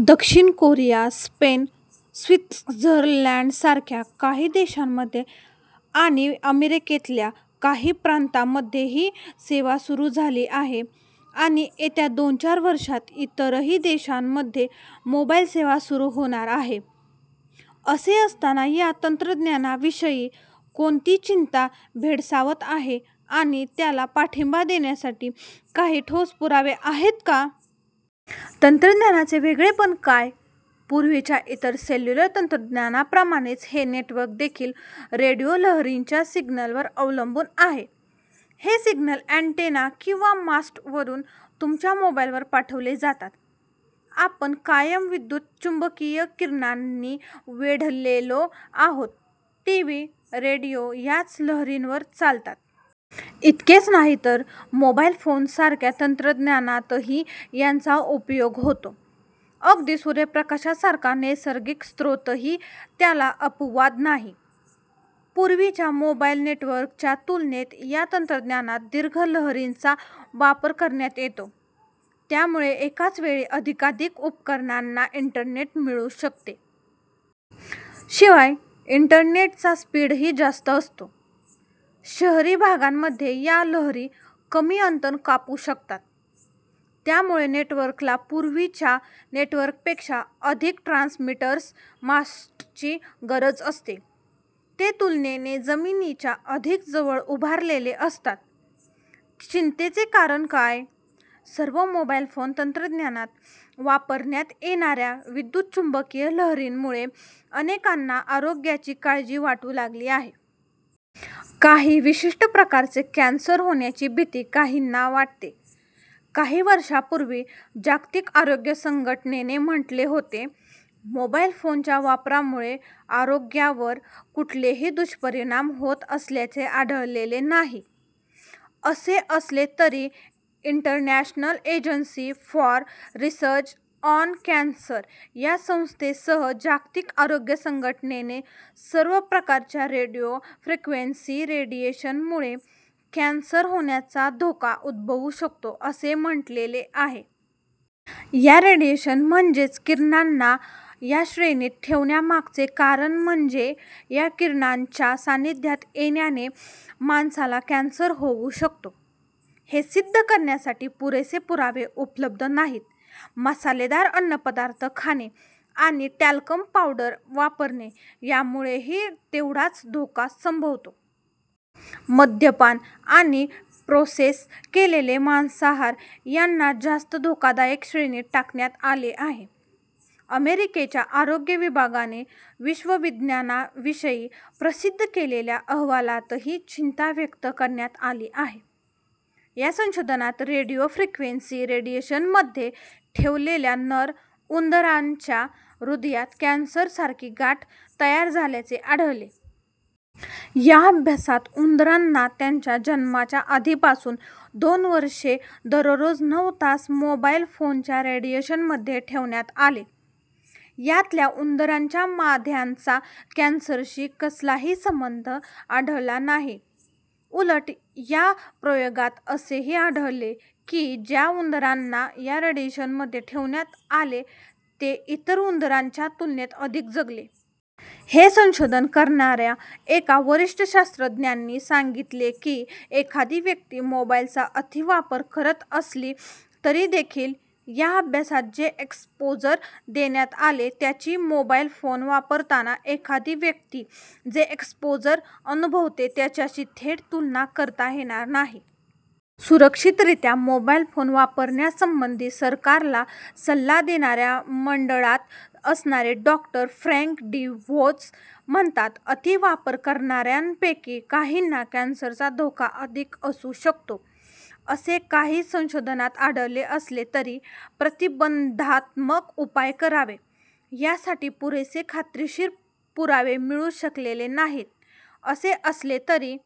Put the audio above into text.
दक्षिण Korea, Spain, स्वित्झरलँडसारख्या काही देशांमध्ये आणि अमेरिकेतल्या काही प्रांतांमध्ये ही सेवा सुरू झाली आहे आणि येत्या दोन-चार वर्षांत इतरही देशांमध्ये मोबाईल सेवा सुरू होणार आहे. असे असताना या तंत्रज्ञानाविषयी कोणती चिंता भेडसावत आहे आणि त्याला पाठिंबा देण्यासाठी काही ठोस पुरावे आहेत का? तंत्रज्ञानाचे वेगळेपण काय? पूर्वीच्या इतर सेल्युलर तंत्रज्ञानाप्रमाणेच हे नेटवर्कदेखील रेडिओलहरींच्या सिग्नलवर अवलंबून आहे. हे सिग्नल अँटेना किंवा मास्टवरून तुमच्या मोबाईलवर पाठवले जातात. आपण कायम विद्युतचुंबकीय किरणांनी वेढलेलो आहोत. टीव्ही, रेडिओ याच लहरींवर चालतात. इतकेच नाही तर मोबाईल फोनसारख्या तंत्रज्ञानातही यांचा उपयोग होतो. अगदी सूर्यप्रकाशासारखा नैसर्गिक स्रोतही त्याला अपवाद नाही. पूर्वीच्या मोबाईल नेटवर्कच्या तुलनेत या तंत्रज्ञानात दीर्घ लहरींचा वापर करण्यात येतो. त्यामुळे एकाच वेळी अधिकाधिक उपकरणांना इंटरनेट मिळू शकते. शिवाय, इंटरनेटचा स्पीडही जास्त असतो. शहरी भागांमध्ये या लहरी कमी अंतर कापू शकतात. त्यामुळे नेटवर्कला पूर्वीच्या नेटवर्कपेक्षा अधिक ट्रान्समीटर्स मास्टची गरज असते. ते तुलनेने जमिनीच्या अधिक जवळ उभारलेले असतात. चिंतेचे कारण काय? सर्व मोबाईल फोन तंत्रज्ञानात वापरण्यात येणाऱ्या विद्युतचुंबकीय लहरींमुळे अनेकांना आरोग्याची काळजी वाटू लागली आहे. काही विशिष्ट प्रकारचे कॅन्सर होण्याची भीती काहींना वाटते. काही वर्षांपूर्वी जागतिक आरोग्य संघटनेने म्हटले होते, ""मोबाईल फोनच्या वापरामुळे आरोग्यावर कुठलेही दुष्परिणाम होत असल्याचे आढळलेले नाही."" असे असले तरी international agency for research on cancer या संस्थेसह जागतिक आरोग्य संघटनेने सर्व प्रकारच्या रेडिओ फ्रिक्वेन्सी रेडिएशनमुळे 'कॅन्सर होण्याचा धोका उद्भवू शकतो' असे म्हटलेले आहे. या रेडिएशन म्हणजेच किरणांना या श्रेणीत ठेवण्यामागचे कारण म्हणजे ""या किरणांच्या सानिध्यात येण्याने माणसाला कॅन्सर होऊ शकतो, हे सिद्ध करण्यासाठी पुरेसे पुरावे उपलब्ध नाहीत."" मसालेदार अन्नपदार्थ खाणे आणि टॅल्कम पावडर वापरणे यामुळेही तेवढाच धोका संभवतो. मद्यपान आणि प्रोसेस केलेले मांसाहार यांना जास्त धोकादायक श्रेणीत टाकण्यात आले आहे. अमेरिकेच्या आरोग्य विभागाने विषविज्ञानाविषयी प्रसिद्ध केलेल्या अहवालातही चिंता व्यक्त करण्यात आली आहे. या संशोधनात रेडिओ फ्रिक्वेन्सी रेडिएशनमध्ये ठेवलेल्या नर उंदरांच्या हृदयात कॅन्सरसारखी गाठ तयार झाल्याचे आढळले. या अभ्यासात उंदरांना त्यांच्या जन्माच्या आधीपासून दोन वर्षे दररोज नऊ तास मोबाईल फोनच्या रेडिएशनमध्ये ठेवण्यात आले. यातल्या उंदरांच्या माद्यांचा कॅन्सरशी कसलाही संबंध आढळला नाही. उलट या प्रयोगात असेही आढळले की ज्या उंदरांना या रेडिएशनमध्ये ठेवण्यात आले ते इतर उंदरांच्या तुलनेत अधिक जगले. हे संशोधन करणाऱ्या एका वरिष्ठ शास्त्रज्ञांनी सांगितले की एखादी व्यक्ती मोबाईलचा अतिवापर करत असली तरीदेखील, ""या अभ्यासात जे एक्सपोजर देण्यात आले त्याची मोबाईल फोन वापरताना एखादी व्यक्ती जे एक्सपोजर अनुभवते त्याच्याशी थेट तुलना करता येणार नाही."" सुरक्षितरीत्या मोबाईल फोन वापरण्यासंबंधी सरकारला सल्ला देणाऱ्या मंडळात असणारे डॉ. फ्रँक डी व्होच म्हणतात, ""अतिवापर करणाऱ्यांपैकी काहींना कॅन्सरचा धोका अधिक असू शकतो, असे काही संशोधनात आढळले असले तरी प्रतिबंधात्मक उपाय करावे, यासाठी पुरेसे खात्रीशीर पुरावे मिळू शकलेले नाहीत."" असे असले तरी